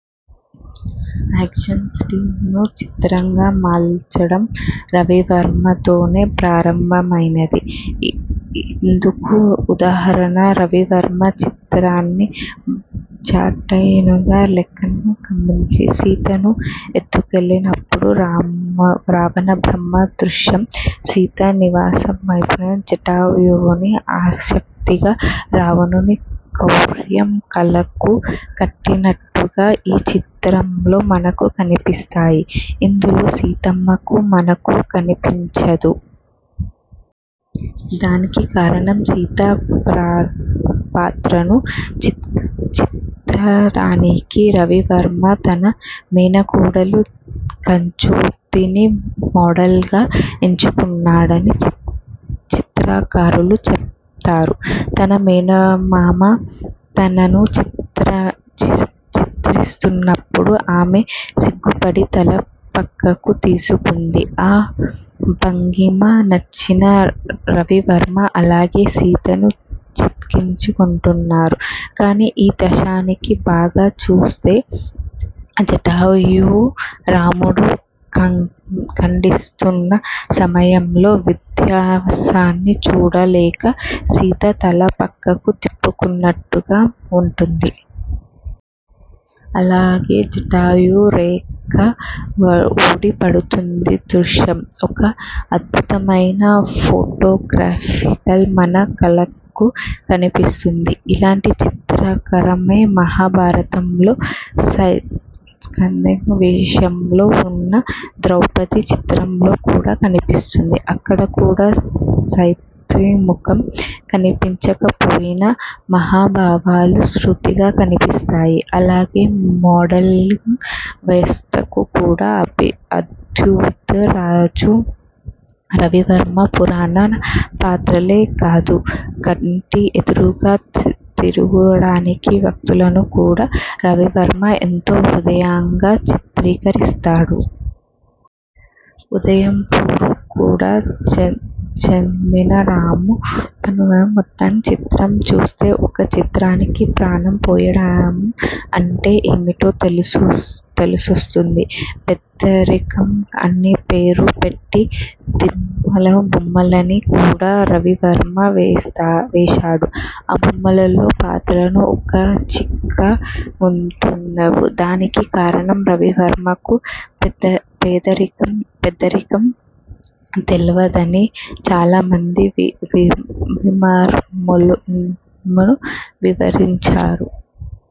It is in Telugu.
ఏక్షన్ స్టిల్స్ ను చిత్రంగా మలచడం రవివర్మతోనే ప్రారంభమైంది. ఇందుకు ఉదాహరణ రవివర్మ చిత్రించిన జటాయువు రెక్కల్ని ఖండించి, సీతను ఎత్తుకెళుతున్న రావణబ్రహ్మ దృశ్యం. సీత నిస్సహాయత, జటాయువు ఆశక్తత, రావణుని క్రౌర్యం కళ్ళకు కట్టినట్టుగా ఈ చిత్రంలో మనకు కన్పిస్తాయి. ఇందులో సీతముఖం మనకు కన్పించదు. దానికి కారణం సీత పాత్రను చిత్రించడానికి రవివర్మ తన మేనకోడలు కంజూతిని మోడల్ గా ఎంచుకున్నాడని చరిత్రకారులు చెప్తారు. తన మేనమామ తనను చిత్రిస్తున్నప్పుడు ఆమె సిగ్గుపడి తల పక్కకు తిప్పుకుందని ఆ భంగిమ నచ్చిన రవివర్మ అలాగే సీతను చిత్రించాడంటారు. కానీ ఈ దశ్యాన్ని బాగా చూస్తే జటాయువు రావణుడు ఖండిస్తున్న సమయంలో విధ్వంసాన్ని చూడలేక సీత తల పక్కకు తిప్పుకున్నట్లుగా వుంటుంది. అలాగే జటాయువు రెక్క వూడి పడుతున్న దృశ్యం. ఒక అద్భుతమైన ఫోటోగ్రఫీలా మన కళ్ళకు కన్పిస్తుంది. ఇలాంటి చిత్రీకరణే మహాభారతంలో సైరంధ్రీ వేషంలో వున్న ద్రౌపది చిత్రంలో కూడా కన్పిస్తుంది. అక్కడ కూడా సైరంధ్రీ ముఖం కన్పించకపోయినా హావభావాలు స్ఫుటంగా కన్పిస్తాయి. అలాగే మోడలింగ్ వ్యవస్తకు కూడా ఆధ్యుడు రాజా రవివర్మ పురాణ పాత్రలే కాదు కంటి ఎదురుగా తిరుగాడిన వ్యక్తులను కూడా రవివర్మ ఎంతో హృద్యంగా చిత్రీకరించాడు. ఉదయ్ పూర్ కు చెందిన రాయ్ పన్నాలాల్ మెహతా చిత్రం చూస్తే ఒక చిత్రానికి ప్రాణం పోయడం అంటే ఏమిటో తెలుస్తుంది. పేదరికం అని పేరు పెట్టి ద్రిమ్మరుల బొమ్మలిని కూడా రవివర్మ వేశాడు. ఆ బొమ్మల్లో పాత్రలు బక్కచిక్కి వుండవు. దానికి కారణం రవివర్మకు పేదరికం తెలీదని చాలామంది విమర్శలు విమర్శించారు.